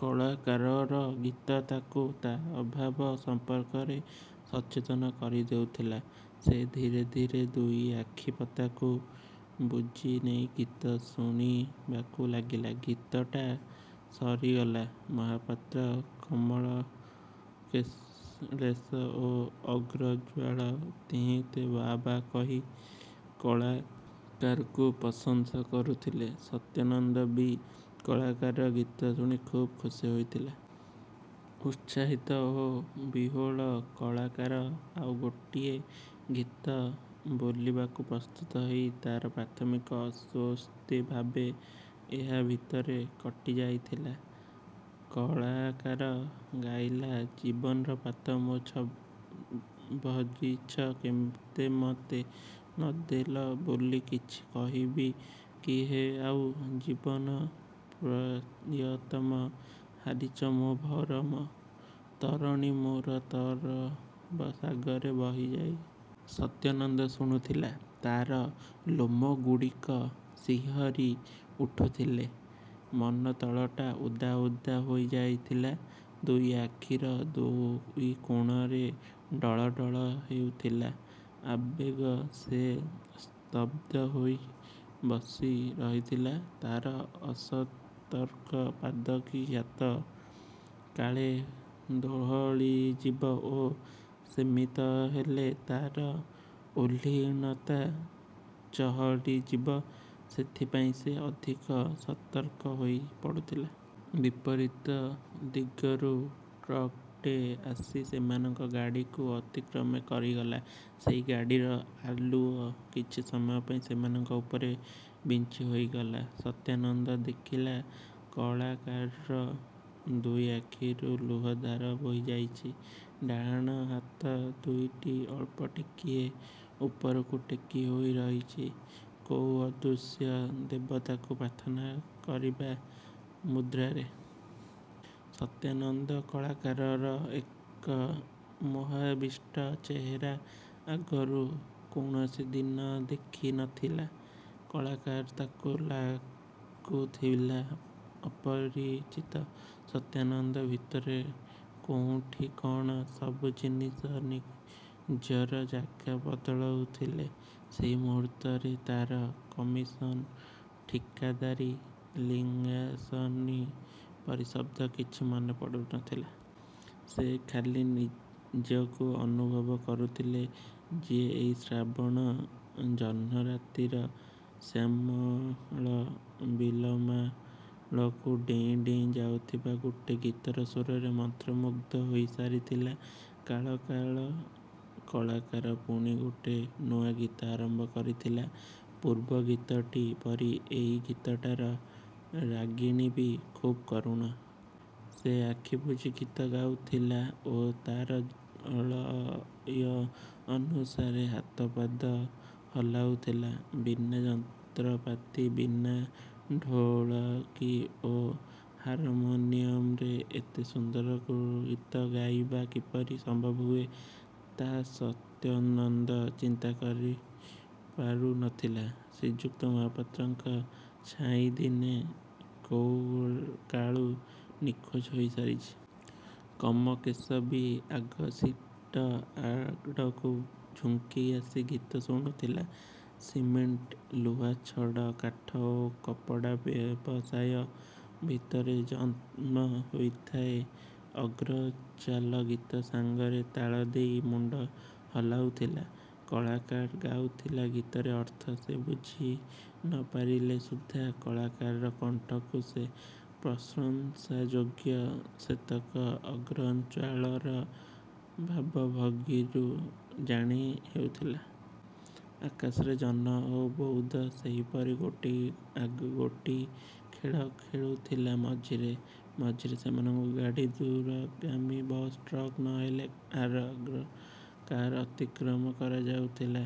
କଳାକାରର ଗୀତ ତାକୁ ତା ଅଭାବ ସମ୍ପର୍କରେ ସଚେତନ କରିଦେଉଥିଲା। ସେ ଧୀରେ ଧୀରେ ଦୁଇ ଆଖିପତା ବୁଜି ନେଇ ଗୀତ ଶୁଣିବାକୁ ଲାଗିଲା। ଗୀତଟା ସରିଗଲା। ମହାପାତ୍ର, କମଳେଶ ଓ ଅଗ୍ରୱାଲ ତିନିହେଁ ବାଃ ବାଃ କହି, କଳାକାରକୁ ପ୍ରଶଂସା କରୁଥିଲେ। ସତ୍ୟାନନ୍ଦ ବି କଳାକାରର ଗୀତ ଶୁଣି ଖୁବ୍ ଖୁସି ହୋଇଥିଲା। ଉତ୍ସାହିତ ଓ ବିହ୍ୱଳ କଳାକାର ଆଉ ଗୋଟିଏ ଗୀତ ବୋଲିବାକୁ ପ୍ରସ୍ତୁତ ହେଲା। ତାର ପ୍ରାଥମିକ ଅସ୍ୱସ୍ତି ଭାବ ଏହା ଭିତରେ କଟିଯାଇଥିଲା। କଳାକାର ଗାଇଲା ଜୀବନ ପାତ୍ର ମୋ ଭରିଛ କେତେମତେ, ନଦେଲ ବୋଲି କିଛି କହିବି କି ହେ ଆଉ, ଜୀବନ ପ୍ରିୟତମ ହାରିଛ ମୋ ଭରମ, ତରଣୀ ମୋର ତବ ସାଗରେ ବହିଯାଉ। ସତ୍ୟାନନ୍ଦ ଶୁଣୁଥିଲା। ତାର ଲୋମଗୁଡ଼ିକ ଶିହରି ଉଠୁଥିଲେ। ମନତଳଟା ଓଦା ଓଦା ହୋଇ ଯାଉଥିଲା, ଦୁଇ ଆଖିର ଦୁଇକୋଣରେ ଢଳ ଢଳ ହେଉଥିଲା ଆବେଗ। ସେ ସ୍ତବ୍ଧ ହୋଇ ବସି ରହିଥିଲା। ତାର ଅସତର୍କ ପାଦ କି ହାତ କାଳେ ଦୋହଲିଯିବ ଓ ସେମିତି ହେଲେ ତାର ତଲ୍ଲୀନତା ଚହଲିଯିବ ସେଥିପାଇଁ ସେ ଅଧିକ ସତର୍କ ହୋଇ ପଡ଼ୁଥିଲା। ବିପରୀତ ଦିଗରୁ ଟ୍ରକଟେ ଆସି ସେମାନଙ୍କ ଗାଡ଼ିକୁ ଅତିକ୍ରମ କରିଗଲା। ସେଇ ଗାଡ଼ିର ଆଲୁଅ କିଛି ସମୟ ପାଇଁ ସେମାନଙ୍କ ଉପରେ ବିଞ୍ଚି ହୋଇଗଲା। ସତ୍ୟାନନ୍ଦ ଦେଖିଲା, କଳାକାରର ଦୁଇଆଖିରୁ ଲୁହଧାର ବୋହିଯାଉଛି। ଡାହାଣ ହାତ ଦୁଇଟି ଅଳ୍ପ ଟିକିଏ ଉପରକୁ ଟେକିହୋଇ ରହିଛି, କୋଉ ଅଦୃଶ୍ୟ ଦେବତାକୁ ପ୍ରାର୍ଥନା କରିବା ମୁଦ୍ରାରେ। ସତ୍ୟାନନ୍ଦ କଳାକାରର ଏଇ ମୋହାବିଷ୍ଟ ଚେହେରା ଆଗରୁ କୌଣସି ଦିନ ଦେଖି ନଥିଲା। କଳାକାର ତାକୁ ଲାଗୁଥିଲା ଅପରିଚିତ। ସତ୍ୟାନନ୍ଦ ଭିତରେ କୋଉଠି କଣ ସବୁ ନିଜ ନିଜର ଜାଗା ବଦଳଉଥିଲେ। ସେଇ ମୁହୂର୍ତ୍ତରେ ତାର କମିସନ୍, ଠିକାଦାରି, ଲିଆସନିଂ ପରି ଶବ୍ଦ କିଛି ମନେ ପଡ଼ୁନଥିଲା। ସେ ଖାଲି ନିଜକୁ ଅନୁଭବ କରୁଥିଲା, ଯିଏ ଏଇ ଶ୍ରାବଣ ଜହ୍ନରାତିର ଶ୍ୟାମଳ ବିଲମାଳକୁ ଡେଇଁ ଡେଇଁ ଯାଉଥିବା ଗୋଟେ ଗୀତର ସ୍ୱରରେ ମନ୍ତ୍ରମୁଗ୍ଧ ହୋଇସାରିଥିଲା। କଳାକାର ପୁଣି ଗୋଟେ ନୂଆ ଗୀତ ଆରମ୍ଭ କରିଥିଲା। ପୂର୍ବ ଗୀତଟି ପରି ଏଇ ଗୀତଟାର ରାଗିଣୀ ବି ଖୁବ୍ କରୁଣ। ସେ ଆଖିବୁଜି ଗୀତ ଗାଉଥିଲା ଓ ତାଳ ଲୟ ଅନୁସାରେ ହାତ ପାଦ ହଲାଉଥିଲା। ବିନା ଯନ୍ତ୍ରପାତି, ବିନା ଢୋଲକି ଓ ହାରମୋନିୟମରେ ଏତେ ସୁନ୍ଦର ଗୀତ ଗାଇବା କିପରି ସମ୍ଭବ ହୁଏ ତାହା ସତ୍ୟାନନ୍ଦ ଚିନ୍ତା କରିପାରୁ ନଥିଲା। ଶ୍ରୀଯୁକ୍ତ ମହାପାତ୍ରଙ୍କ ଛାଇନିଦ କୋଉକାଳୁ ନିଖୋଜ ହୋଇସାରିଥିଲା। କମଳେଶ ବି ଆଗ ସିଟ ଆଡ଼କୁ ଝୁଙ୍କି ଆସି ଗୀତ ଶୁଣୁଥିଲା। ସିମେଣ୍ଟ, ଲୁହାଛଡ଼, କାଠ ଓ କପଡ଼ା ବ୍ୟବସାୟ ଭିତରେ ଜନ୍ମ ହୋଇଥିବା ଅଗ୍ରୱାଲ ଗୀତ ସାଙ୍ଗରେ ତାଳ ଦେଇ ମୁଣ୍ଡ ହଲାଉଥିଲା। କଳାକାର ଗାଉଥିବା ଗୀତର ଅର୍ଥ ସେ ବୁଝି ନପାରିଲେ ସୁଦ୍ଧା କଳାକାରର କଣ୍ଠଟି ଯେ ପ୍ରଶଂସାଯୋଗ୍ୟ ସେତକ ଅଗ୍ରୱାଲର ଭାବଭଙ୍ଗୀରୁ ଜାଣି ହେଉଥିଲା। ଆକାଶରେ ଜହ୍ନ ଓ ବଉଦ ସେହିପରି ଗୋଡ଼ିଆଗୋଡ଼ି ଖେଳ ଖେଳୁଥିଲେ। ମଝିରେ ମଝିରେ ସେମାନଙ୍କ ଗାଡ଼ିକୁ ଦୂରଗାମୀ ବସ୍, ଟ୍ରକ୍, ନ ହେଲେ କାର ଅତିକ୍ରମ କରିଯାଉଥିଲା।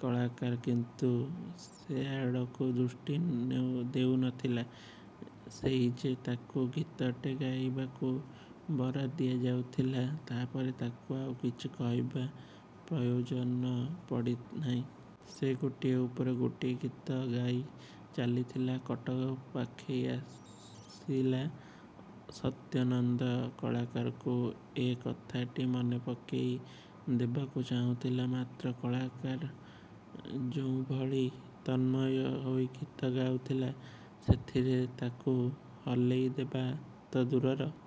କଳାକାର କିନ୍ତୁ ସେଆଡ଼କୁ ଦୃଷ୍ଟି ଦେଉନଥିଲା। ସେଇ ଯେ ତାକୁ ଗୀତଟେ ଗାଇବାକୁ ବରାଦ ଦିଆଯାଇଥିଲା, ତାପରେ ତାକୁ ଆଉ କିଛି କହିବା ପ୍ରୟୋଜନ ପଡ଼ିନାହିଁ। ସେ ଗୋଟିଏ ପରେ ଗୋଟିଏ ଗୀତ ଗାଇଚାଲିଥିଲା। କଟକ ପାଖେଇ ଆସିଲା। ସତ୍ୟାନନ୍ଦ କଳାକାରକୁ ଏ କଥାଟି ମନେ ପକେଇ ଦେବାକୁ ଚାହୁଁଥିଲା। ମାତ୍ର କଳାକାର ଯୋଉଭଳି ତନ୍ମୟ ହୋଇ ଗୀତ ଗାଉଥିଲା ସେଥିରେ ତାକୁ ହଲେଇଦେବା ତ ଦୂରର।